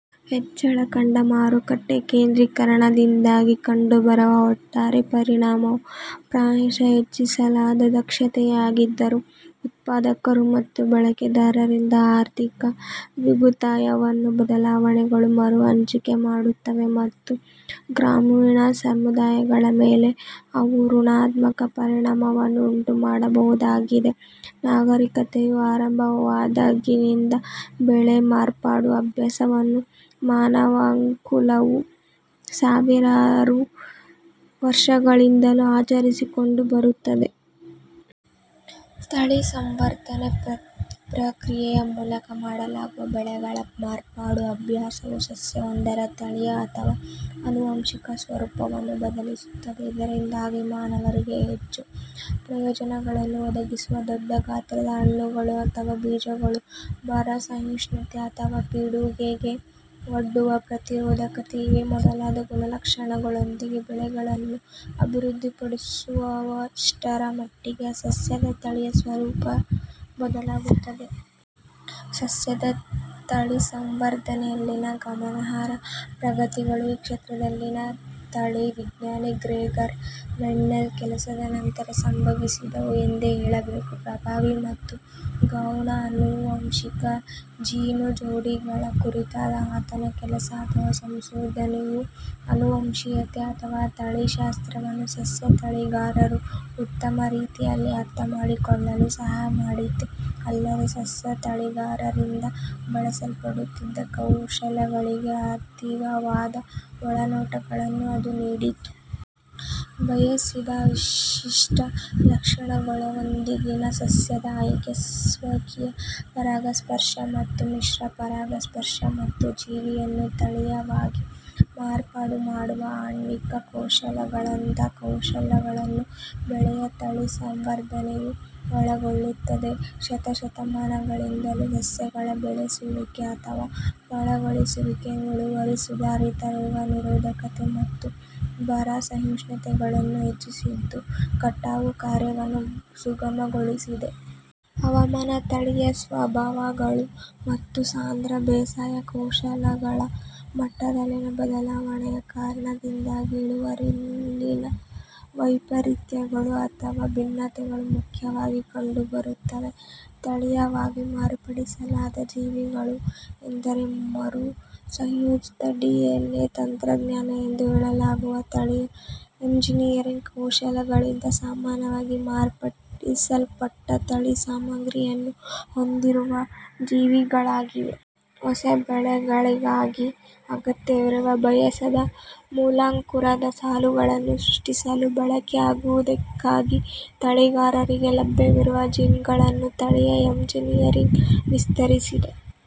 ಹೆಚ್ಚಳ ಕಂಡ ಮಾರುಕಟ್ಟೆ ಕೇಂದ್ರೀಕರಣದಿಂದಾಗಿ ಕಂಡುಬರುವ ಒಟ್ಟಾರೆ ಪರಿಣಾಮವು ಪ್ರಾಯಶಃ ಹೆಚ್ಚಿಸಲಾದ ದಕ್ಷತೆಯೇ ಆಗಿದ್ದರೂ, ಉತ್ಪಾದಕರು ಮತ್ತು ಬಳಕೆದಾರರಿಂದ ಆರ್ಥಿಕ ಮಿಗುತಾಯವನ್ನು ಬದಲಾವಣೆಗಳು ಮರುಹಂಚಿಕೆ ಮಾಡುತ್ತವೆ, ಮತ್ತು ಗ್ರಾಮೀಣ ಸಮುದಾಯಗಳ ಮೇಲೆ ಅವು ಋಣಾತ್ಮಕ ಪರಿಣಾಮವನ್ನು ಉಂಟುಮಾಡಬಹುದಾಗಿದೆ. ನಾಗರಿಕತೆಯು ಆರಂಭವಾದಾಗಿನಿಂದ, ಬೆಳೆ ಮಾರ್ಪಾಡು ಅಭ್ಯಾಸವನ್ನು ಮಾನವಕುಲವು ಸಾವಿರಾರು ವರ್ಷಗಳಿಂದಲೂ ಆಚರಿಸಿಕೊಂಡು ಬರುತ್ತಿದೆ. ತಳಿ ಸಂವರ್ಧನೆ ಪ್ರಕ್ರಿಯೆಯ ಮೂಲಕ ಮಾಡಲಾಗುವ ಬೆಳೆಗಳ ಮಾರ್ಪಾಡು ಅಭ್ಯಾಸವು ಸಸ್ಯವೊಂದರ ತಳೀಯ ಅಥವಾ ಆನುವಂಶಿಕ ಸ್ವರೂಪವನ್ನು ಬದಲಿಸುತ್ತದೆ. ಇದರಿಂದಾಗಿ ಮಾನವರಿಗೆ ಹೆಚ್ಚು ಪ್ರಯೋಜನಗಳನ್ನು ಒದಗಿಸುವ ದೊಡ್ಡ ಗಾತ್ರದ ಹಣ್ಣುಗಳು ಅಥವಾ ಬೀಜಗಳು, ಬರ -ಸಹಿಷ್ಣುತೆ, ಅಥವಾ ಪಿಡುಗಿಗೆ ಒಡ್ಡುವ ಪ್ರತಿರೋಧಕತೆ ಇವೇ ಮೊದಲಾದ ಗುಣಲಕ್ಷಣಗಳೊಂದಿಗೆ ಬೆಳೆಗಳನ್ನು ಅಭಿವೃದ್ಧಿಪಡಿಸುವಷ್ಟರ ಮಟ್ಟಿಗೆ ಸಸ್ಯದ ತಳೀಯ ಸ್ವರೂಪ ಬದಲಾಗುತ್ತದೆ. ಸಸ್ಯದ ತಳಿಸಂವರ್ಧನೆಯಲ್ಲಿನ ಗಮನಾರ್ಹ ಪ್ರಗತಿಗಳು ಈ ಕ್ಷೇತ್ರದಲ್ಲಿನ ತಳಿವಿಜ್ಞಾನಿ ಗ್ರೆಗರ್ ಮೆಂಡೆಲ್ನ ಕೆಲಸದ ನಂತರ ಸಂಭವಿಸಿದವು ಎಂದೇ ಹೇಳಬೇಕು. ಪ್ರಭಾವಿ ಮತ್ತು ಗೌಣ ಆನುವಂಶಿಕ ಜೀನು ಜೋಡಿಗಳ ಕುರಿತಾದ ಆತನ ಕೆಲಸ ಅಥವಾ ಸಂಶೋಧನೆಯು ಅನುವಂಶೀಯತೆ ಅಥವಾ ತಳಿಶಾಸ್ತ್ರವನ್ನು ಸಸ್ಯ ತಳಿಗಾರರು ಉತ್ತಮ ರೀತಿಯಲ್ಲಿ ಅರ್ಥಮಾಡಿಕೊಳ್ಳಲು ಸಹಾಯಮಾಡಿದ್ದೇ ಅಲ್ಲದೆ, ಸಸ್ಯ ತಳಿಗಾರರಿಂದ ಬಳಸಲ್ಪಡುತ್ತಿದ್ದ ಕೌಶಲಗಳಿಗೆ ಅತೀವವಾದ ಒಳನೋಟಗಳನ್ನು ಅದು ನೀಡಿತು. ಬಯಸಿದ ವಿಶಿಷ್ಟ ಲಕ್ಷಣಗಳೊಂದಿಗಿನ ಸಸ್ಯದ ಆಯ್ಕೆ, ಸ್ವಕೀಯ-ಪರಾಗಸ್ಪರ್ಶ ಮತ್ತು ಮಿಶ್ರ-ಪರಾಗಸ್ಪರ್ಶ, ಮತ್ತು ಜೀವಿಯನ್ನು ತಳೀಯವಾಗಿ ಮಾರ್ಪಾಡುಮಾಡುವ ಆಣ್ವಿಕ ಕೌಶಲಗಳಂಥ ಕೌಶಲಗಳನ್ನು ಬೆಳೆಯ ತಳಿಸಂವರ್ಧನೆಯು ಒಳಗೊಳ್ಳುತ್ತದೆ. ಶತಶತಮಾನಗಳಿಂದಲೂ ಸಸ್ಯಗಳ ಬೆಳೆಸುವಿಕೆ ಅಥವಾ ಪಳಗಿಸುವಿಕೆಯು ಇಳುವರಿ, ಸುಧಾರಿತ ರೋಗ ನಿರೋಧಕತೆ ಮತ್ತು ಬರ-ಸಹಿಷ್ಣುತೆಗಳನ್ನು ಹೆಚ್ಚಿಸಿದ್ದು, ಕಟಾವು ಕಾರ್ಯವನ್ನು ಸುಗಮಗೊಳಿಸಿದೆ. ಹವಾಮಾನ, ತಳೀಯ ಸ್ವಭಾವಗಳು, ಮತ್ತು ಸಾಂದ್ರ ಬೇಸಾಯ ಕೌಶಲಗಳ ಮಟ್ಟದಲ್ಲಿನ ಬದಲಾವಣೆಯ ಕಾರಣದಿಂದಾಗಿ ಇಳುವರಿಯಲ್ಲಿನ ವೈಪರೀತ್ಯಗಳು ಅಥವಾ ಭಿನ್ನತೆಗಳು ಮುಖ್ಯವಾಗಿ ಕಂಡುಬರುತ್ತವೆ. ತಳೀಯವಾಗಿ ಮಾರ್ಪಡಿಸಲಾದ ಜೀವಿಗಳು ಎಂದರೆ ಮರು-ಸಂಯೋಜಿತ ಡಿಎನ್ಎ ತಂತ್ರಜ್ಞಾನ ಎಂದು ಹೇಳಲಾಗುವ ತಳೀಯ ಎಂಜಿನಿಯರಿಂಗ್ ಕೌಶಲಗಳಿಂದ ಸಾಮಾನ್ಯವಾಗಿ ಮಾರ್ಪಡಿಸಲ್ಪಟ್ಟ ತಳಿ ಸಾಮಗ್ರಿಯನ್ನು ಹೊಂದಿರುವ ಜೀವಿ ಗಳಾಗಿವೆ. ಹೊಸ ಬೆಳೆಗಳಿಗಾಗಿ ಅಗತ್ಯವಿರುವ, ಬಯಸಿದ ಮೂಲಾಂಕುರದ ಸಾಲುಗಳನ್ನು ಸೃಷ್ಟಿಸಲು ಬಳಕೆಯಾಗುವುದಕ್ಕಾಗಿ ತಳಿಗಾರರಿಗೆ ಲಭ್ಯವಿರುವ ಜೀನ್ಗಳನ್ನು ತಳೀಯ ಎಂಜಿನಿಯರಿಂಗ್ ವಿಸ್ತರಿಸಿದೆ.